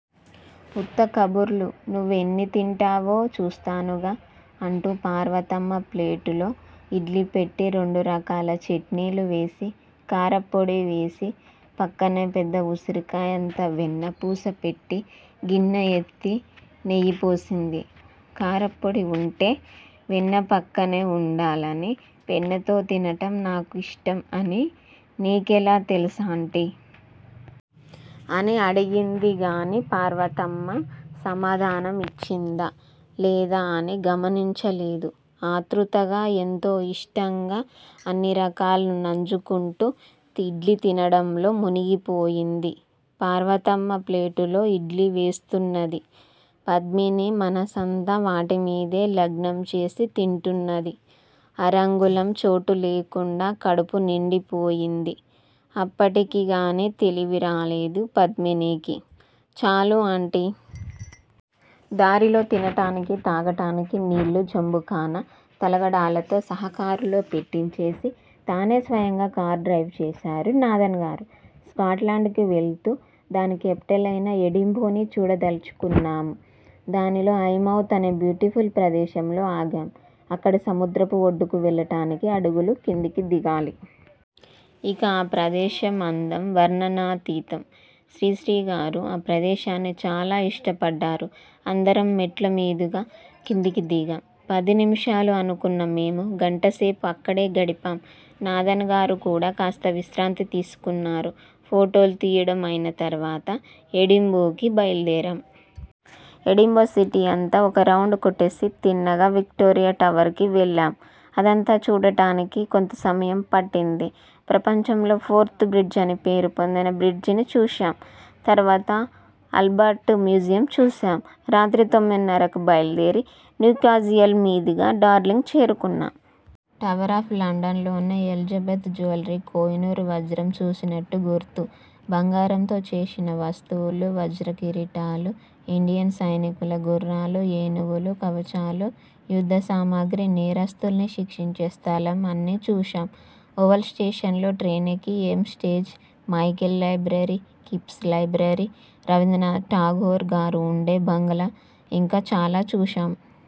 ఉత్త కబుర్లు నువ్వు ఎన్ని తింటావో చూస్తానుగా అంటూ పార్వతమ్మ ప్లేటులో ఇడ్లీ పెట్టి రెండు రకాల చట్నీలు వేసి కారంపొడి వేసి పక్కనే పెద్ద ఉసిరికాయంత వెన్నపూస పెట్టి గిన్నె ఎత్తి నెయ్యి పోసింది. కారంపొడి వుంటే వెన్న పక్కనే వుండాలని వెన్నతో తినటం నాకిష్టం అని నీకెలా తెలుసా ఆంటీ! అని అడిగిందిగాని పార్వతమ్మ సమాధానం యిచ్చిందా లేదా అని గమనించలేదు. ఆతృతగ ఎంతో యిష్టంగా అన్నిరకాలు నంజుకుంటూ ఇడ్లీ తినటంలో మునిగిపోయింది. పార్వతమ్మ ప్లేటులో ఇడ్లీ వేస్తున్నది. పద్మిని మనసంతా వాటిమీదే లగ్నంచేసి తింటున్నది. అరంగుళం చోటులేకుండా కడుపు నిండిపోయింది. అప్పటికిగాని తెలివిరాలేదు పద్మినికి. చాలు ఆంటీ! దారిలో తినటానికి, తాగటానికి నీళ్ళూ, జెంబుకానా, తలగడాలతో సహా కారులో పెట్టించేసి, తానే స్వయంగా కారు డ్రైవ్ చేశారు నాదన్ గారు. స్పాట్ లాండ్ కి వెళుతూ దాని కేపిటల్ అయిన ఎడింబోని చూడదలచుకున్నాం. దానిలో 'ఐ మౌత్' అనే బ్యూటిఫుల్ ప్రదేశంలో ఆగాం. అక్కడి సముద్రపు ఒడ్డుకు వెళ్ళటానికి అడుగులు కిందికి దిగాలి. ఇక ఆ ప్రదేశం అందం వర్ణనాతీతం. శ్రీశ్రీగారు ఆ ప్రదేశాన్ని చాలా ఇష్టపడ్డారు. అందరం మెట్లమీదుగా కిందకి దిగాం. పది నిమిషాలు అనుకున్న మేము గంటసేపు అక్కడే గడిపాం. నాదన్ గారు కూడా కాస్త విశ్రాంతి తీసుకున్నారు. ఫోటోలు తియ్యడం అయిన తర్వాత ఎడింబోకి బయలుదేరాం. ఎడింబో సిటీ అంతా ఒక రౌండ్ కొట్టేసి, తిన్నగా విక్టోరియా టవర్ కి వెళ్ళాం. అదంతా చూడటానికి కొంత టైం పట్టింది. ప్రపంచంలో ఫోర్త్ బ్రిడ్జ్ అని పేరు పొందిన బ్రిడ్జ్ ని చూశాం. తర్వాత ఆల్బర్ట్ మ్యూజియం చూశాం. రాత్రి తొమ్మిదిన్నరకి బయల్దేరి న్యూకాజిల్ మీదుగా డార్లింగ్ చేరుకున్నా. టవరాఫ్ లండన్లోనే ఎలిజిబెత్ జ్యూయలరీ కోహినూరు వజ్రం చూసినట్టు గుర్తు. బంగారంతో చేసిన వస్తువులు, వజ్రకిరీటాలు, ఇండియన్ సైనికుల గుర్రాలూ, ఏనుగులూ, కవచాలూ, యుద్ధసామాగ్రి, నేరస్థుల్ని శిక్షించే స్థలం అన్నీ చూశాం. ఓవల్ స్టేషన్ లో ట్రైన్కి హేమ్ స్టేజ్, మైఖేల్ లైబ్రరీ, కిప్స్ లైబ్రరీ, రవీంద్రనాథ్ టాగోర్ గారు వుండే బంగళా, ఇంకా చాలా చూశాం.